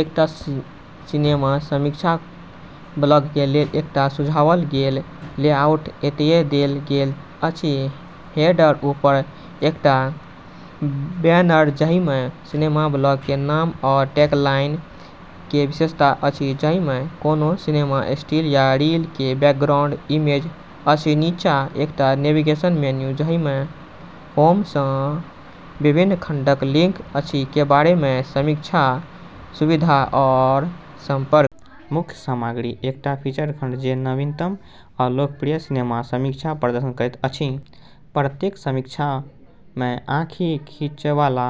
एकटा सिनेमा समीक्षा ब्लॉगक लेल एकटा सुझाओल गेल लेआउट एतय देल गेल अछि: हेडर: ऊपर एकटा बैनर जाहिमे सिनेमा ब्लॉग के नाम आ टैगलाइन के विशेषता अछि, जाहिमे कोनो सिनेमा स्टिल या रील के बैकग्राउंड इमेज अछि नीचा एकटा नेविगेशन मेनू, जाहिमे होम सन विभिन्न खंडक लिंक अछि, के बारेमे, समीक्षा, सुविधा, और संपर्क। मुख्य सामग्री: एकटा फीचर्ड खंड जे नवीनतम आ लोकप्रिय सिनेमा समीक्षाक प्रदर्शन करैत अछि प्रत्येक समीक्षामे आँखि खींचयवला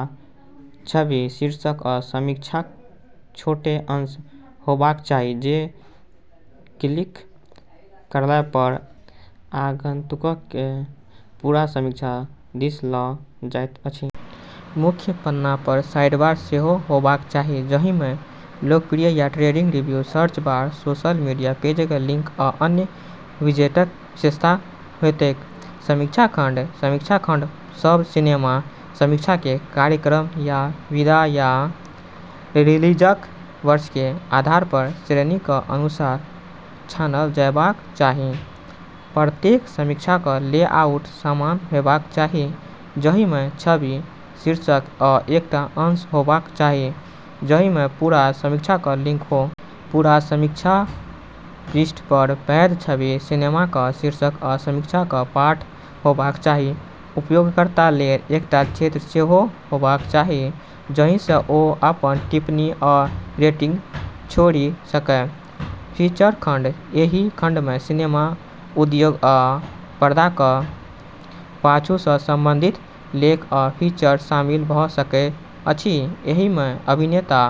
छवि, शीर्षक, आ समीक्षाक छोट अंश हेबाक चाही, जे क्लिक करयपर आगंतुककेँ पूरा समीक्षा दिस ल' जाइत अछि. मुख्य पन्नापर साइडबार सेहो होयबाक चाहियै, जाहिमे लोकप्रिय या trending review, search bar, social media पेजक लिंक, आ अन्य विजेटक विशेषता हेतैक। समीक्षा खंड: समीक्षा खंडमे सब सिनेमा समीक्षाके कालक्रममे या विधा या रिलीजक वर्षके आधारपर श्रेणीक अनुसार छानल जयबाक चाही प्रत्येक समीक्षाक लेआउट समान होयबाक चाही, जाहिमे छवि, शीर्षक, आ एकटा अंश होयबाक चाही जाहिमे पूरा समीक्षाक लिंक हो। पूरा समीक्षा पृष्ठपर पैघ छवि, सिनेमाक शीर्षक, आ समीक्षाक पाठ होयबाक चाही। उपयोगकर्ताक लेल एकटा क्षेत्र सेहो होयबाक चाही जाहिसँ ओ अपन टिप्पणी आ रेटिंग छोड़ि सकय। फीचर खंड: एहि खंडमे सिनेमा उद्योग आ पर्दाक पाछुसँ संबंधित लेख आ फीचर शामिल भ' सकैत अछि एहिमे अभिनेता,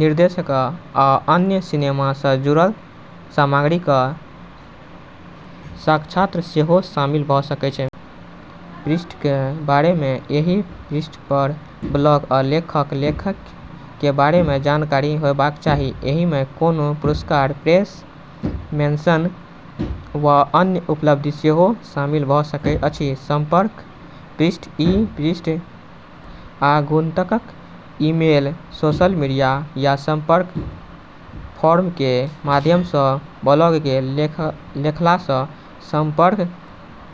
निर्देशक, आ अन्य सिनेमा सँ जुड़ल सामग्रीक साक्षात्कार सेहो शामिल भ' सकैत अछि। पृष्ठक बारेमे: एहि पृष्ठपर ब्लॉग आ लेखक (लेखक) के बारेमे जानकारी होयबाक चाही। एहिमे कोनो पुरस्कार, प्रेस मेन्शन, वा अन्य उपलब्धि सेहो शामिल भ' सकैत अछि। संपर्क पृष्ठ: ई पृष्ठ आगंतुकक ईमेल, सोशल मीडिया, या संपर्क फॉर्म के माध्यमसँ ब्लॉगके लेखकसँ संपर्क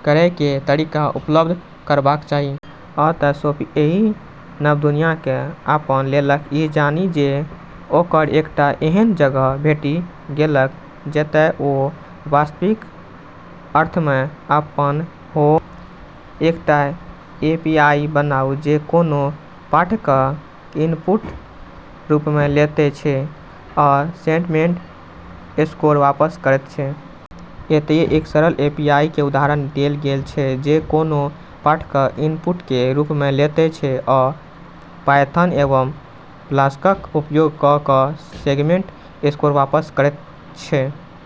करयके तरीका उपलब्ध करयबाक चाही। आ तेँ सोफी एहि नव दुनियाँकेँ अपना लेलक, ई जानि जे ओकरा एकटा एहन जगह भेटि गेलैक जतय ओ वास्तविक अर्थमे अपन हो। एकटा एपीआई बनाउ जे कोनो पाठकेँ इनपुटक रूपमे लैत छै आ सेंटमेंट स्कोर वापस करैत छै। एतय एक सरल एपीआई के उदाहरण देल गेल छै जे कोनो पाठकेँ इनपुटके रूपमे लैत छै आ पायथन एवं फ्लास्कक उपयोग क' क' सेंटमेंट स्कोर आपस करैत छै।